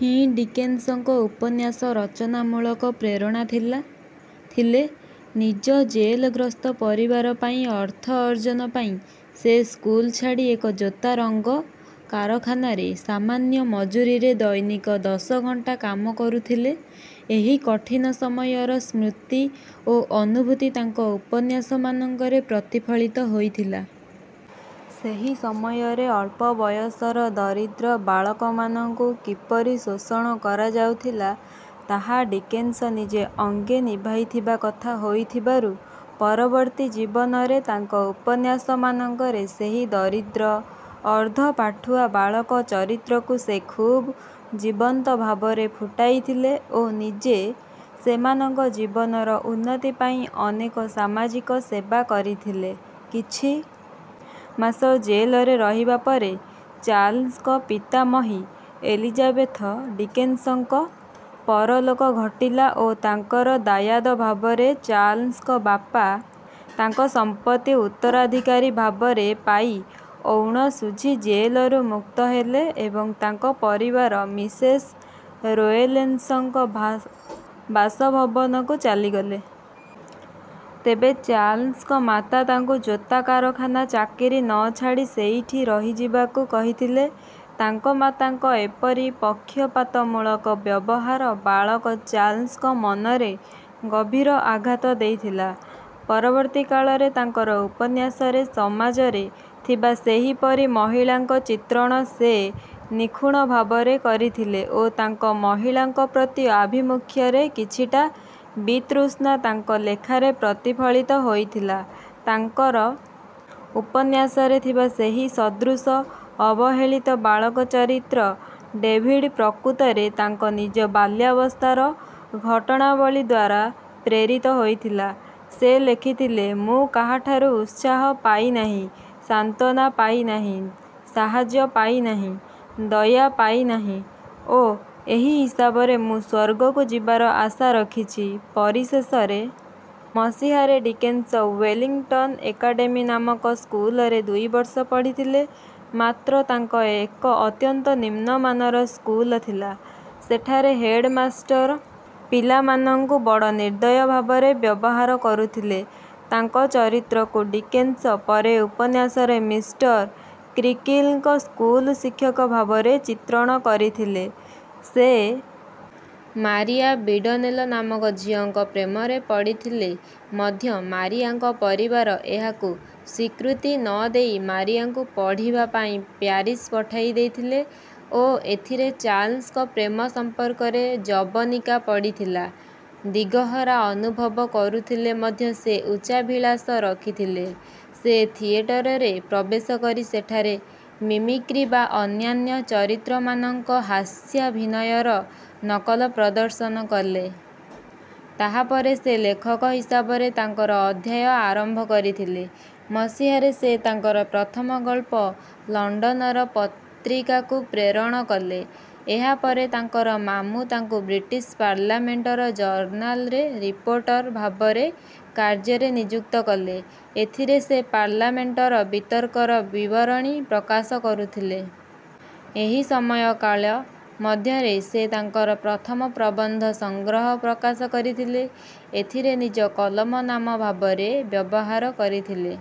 ହିଁ ଡିକେନ୍ସଙ୍କ ଉପନ୍ୟାସ ରଚନା ମୂଳକ ପ୍ରେରଣା ଥିଲା ଥିଲେ। ନିଜ ଜେଲଗ୍ରସ୍ତ ପରିବାର ପାଇଁ ଅର୍ଥ ଅର୍ଜନ ପାଇଁ ସେ ସ୍କୁଲ ଛାଡ଼ି ଏକ ଜୋତା ରଙ୍ଗ କାରଖାନାରେ ସାମାନ୍ୟ ମଜୁରିରେ ଦୈନିକ ଦଶ ଘଣ୍ଟା କାମ କରୁଥିଲେ। ଏହି କଠିନ ସମୟର ସ୍ମୃତି ଓ ଅନୁଭୂତି ତାଙ୍କ ଉପନ୍ୟାସମାନଙ୍କରେ ପ୍ରତିଫଳିତ ହୋଇଥିଲା। ସେହି ସମୟରେ ଅଳ୍ପ ବୟସର ଦରିଦ୍ର ବାଳକମାନଙ୍କୁ କିପରି ଶୋଷଣ କରାଯାଉଥିଲା, ତାହା ଡିକେନ୍ସ ନିଜେ ଅଙ୍ଗେ ନିଭାଇଥିବା କଥା ହୋଇଥିବାରୁ, ପରବର୍ତ୍ତୀ ଜୀବନରେ ତାଙ୍କ ଉପନ୍ୟାସମାନଙ୍କରେ ସେହି ଦରିଦ୍ର, ଅର୍ଦ୍ଧ-ପାଠୁଆ ବାଳକ ଚରିତ୍ରକୁ ସେ ଖୁବ୍ ଜୀବନ୍ତ ଭାବରେ ଫୁଟାଇଥିଲେ ଓ ନିଜେ ସେମାନଙ୍କ ଜୀବନର ଉନ୍ନତି ପାଇଁ ଅନେକ ସାମାଜିକ ସେବା କରିଥିଲେ। କିଛି ମାସ ଜେଲରେ ରହିବା ପରେ ଚାର୍ଲ୍ସଙ୍କ ପିତାମହୀ ଏଲିଜାବେଥ ଡିକେନ୍ସଙ୍କ ପରଲୋକ ଘଟିଲା ଓ ତାଙ୍କର ଦାୟାଦ ଭାବରେ ଚାର୍ଲ୍ସଙ୍କ ବାପା ତାଙ୍କ ସମ୍ପତ୍ତି ଉତ୍ତରାଧିକାରୀ ଭାବରେ ପାଇ ଔଣ ଶୁଝି ଜେଲରୁ ମୁକ୍ତ ହେଲେ ଏବଂ ତାଙ୍କ ପରିବାର ମିସେସ ରୋଏଲେନ୍ସଙ୍କ ଭା ବାସଭବନକୁ ଚାଲିଗଲେ। ତେବେ ଚାର୍ଲ୍ସଙ୍କ ମାତା ତାଙ୍କୁ ଜୋତା କାରଖାନା ଚାକିରି ନ ଛାଡ଼ି ସେଇଠି ରହିଯିବାକୁ କହିଥିଲେ। ତାଙ୍କ ମାତାଙ୍କ ଏପରି ପକ୍ଷପାତମୂଳକ ବ୍ୟବହାର ବାଳକ ଚାର୍ଲ୍ସଙ୍କ ମନରେ ଗଭୀର ଆଘାତ ଦେଇଥିଲା। ପରବର୍ତ୍ତୀ କାଳରେ ତାଙ୍କର ଉପନ୍ୟାସରେ ସମାଜରେ ଥିବା ସେହିପରି ମହିଳାଙ୍କ ଚିତ୍ରଣ ସେ ନିଖୁଣ ଭାବରେ କରିଥିଲେ ଓ ତାଙ୍କ ମହିଳାଙ୍କ ପ୍ରତି ଆଭିମୁଖ୍ୟରେ କିଛିଟା ବିତୃଷ୍ଣା ତାଙ୍କ ଲେଖାରେ ପ୍ରତିଫଳିତ ହୋଇଥିଲା। ତାଙ୍କର ଉପନ୍ୟାସରେ ଥିବା ସେହି ସଦୃଶ ଅବହେଳିତ ବାଳକ ଚରିତ୍ର ଡେଭିଡ୍ ପ୍ରକୃତରେ ତାଙ୍କ ନିଜ ବାଲ୍ୟାବସ୍ଥାର ଘଟଣାବଳୀ ଦ୍ୱାରା ପ୍ରେରିତ ହୋଇଥିଲା। ସେ ଲେଖିଥିଲେ, ମୁଁ କାହାଠାରୁ ଉତ୍ସାହ ପାଇ ନାହିଁ, ସାନ୍ତ୍ୱନା ପାଇ ନାହିଁ, ସାହାଯ୍ୟ ପାଇ ନାହିଁ, ଦୟା ପାଇ ନାହିଁ, ଓ ଏହି ହିସାବରେ ମୁଁ ସ୍ୱର୍ଗକୁ ଯିବାର ଆଶା ରଖିଛି। ପରିଶେଷରେ ମସିହାରେ ଡିକେନ୍ସ ୱେଲିଂଟନ୍ ଏକାଡେମୀ ନାମକ ସ୍କୁଲରେ ଦୁଇ ବର୍ଷ ପଢ଼ିଥିଲେ। ମାତ୍ର ତାଙ୍କ ଏକ ଅତ୍ୟନ୍ତ ନିମ୍ନ ମାନର ସ୍କୁଲ ଥିଲା। ସେଠାରେ ହେଡମାଷ୍ଟର ପିଲାମାନଙ୍କୁ ବଡ଼ ନିର୍ଦ୍ଦୟ ଭାବରେ ବ୍ୟବହାର କରୁଥିଲେ। ତାଙ୍କ ଚରିତ୍ରକୁ ଡିକେନ୍ସ ପରେ ଉପନ୍ୟାସରେ "ମିଷ୍ଟର କ୍ରୀକିଲ"ଙ୍କ ସ୍କୁଲ ଶିକ୍ଷକ ଭାବରେ ଚିତ୍ରଣ କରିଥିଲେ। ସେ ମାରିଆ ବିଡନେଲ ନାମକ ଝିଅଙ୍କ ପ୍ରେମରେ ପଡ଼ିଥିଲେ ମଧ୍ୟ ମାରିଆଙ୍କ ପରିବାର ଏହାକୁ ସ୍ୱୀକୃତି ନ ଦେଇ ମାରିଆଙ୍କୁ ପଢ଼ିବା ପାଇଁ ପ୍ୟାରିସ୍ ପଠାଇ ଦେଇଥିଲେ ଓ ଏଥିରେ ଚାର୍ଲ୍ସଙ୍କ ପ୍ରେମ ସମ୍ପର୍କରେ ଜବନିକା ପଡ଼ିଥିଲା। ଦିଗହରା ଅନୁଭବ କରୁଥିଲେ ମଧ୍ୟ ସେ ଉଚ୍ଚାଭିଳାଷ ରଖିଥିଲେ। ସେ ଥିଏଟରରେ ପ୍ରବେଶ କରି ସେଠାରେ ମିମିକ୍ରି ବା ଅନ୍ୟାନ୍ୟ ଚରିତ୍ରମାନଙ୍କ ହାସ୍ୟାଭିନୟର ନକଲ ପ୍ରଦର୍ଶନ କଲେ। ତାହା ପରେ ସେ ଲେଖକ ହିସାବରେ ତାଙ୍କର ଅଧ୍ୟାୟ ଆରମ୍ଭ କରିଥିଲେ। ମସିହାରେ ସେ ତାଙ୍କର ପ୍ରଥମ ଗଳ୍ପ ଲଣ୍ଡନର ପତ୍ରିକାକୁ ପ୍ରେରଣ କଲେ। ଏହା ପରେ ତାଙ୍କର ମାମୁ ତାଙ୍କୁ ବ୍ରିଟିଶ ପାର୍ଲାମେଣ୍ଟର ଜର୍ନାଲରେ ରିପୋର୍ଟର ଭାବରେ କାର୍ଯ୍ୟରେ ନିଯୁକ୍ତ କଲେ। ଏଥିରେ ସେ ପାର୍ଲାମେଣ୍ଟର ବିତର୍କର ବିବରଣୀ ପ୍ରକାଶ କରୁଥିଲେ। ଏହି ସମୟକାଳ ମଧ୍ୟରେ ସେ ତାଙ୍କର ପ୍ରଥମ ପ୍ରବନ୍ଧ ସଂଗ୍ରହ ପ୍ରକାଶ କରିଥିଲେ। ଏଥିରେ ନିଜ କଲମ ନାମ ଭାବରେ ବ୍ୟବହାର କରିଥିଲେ।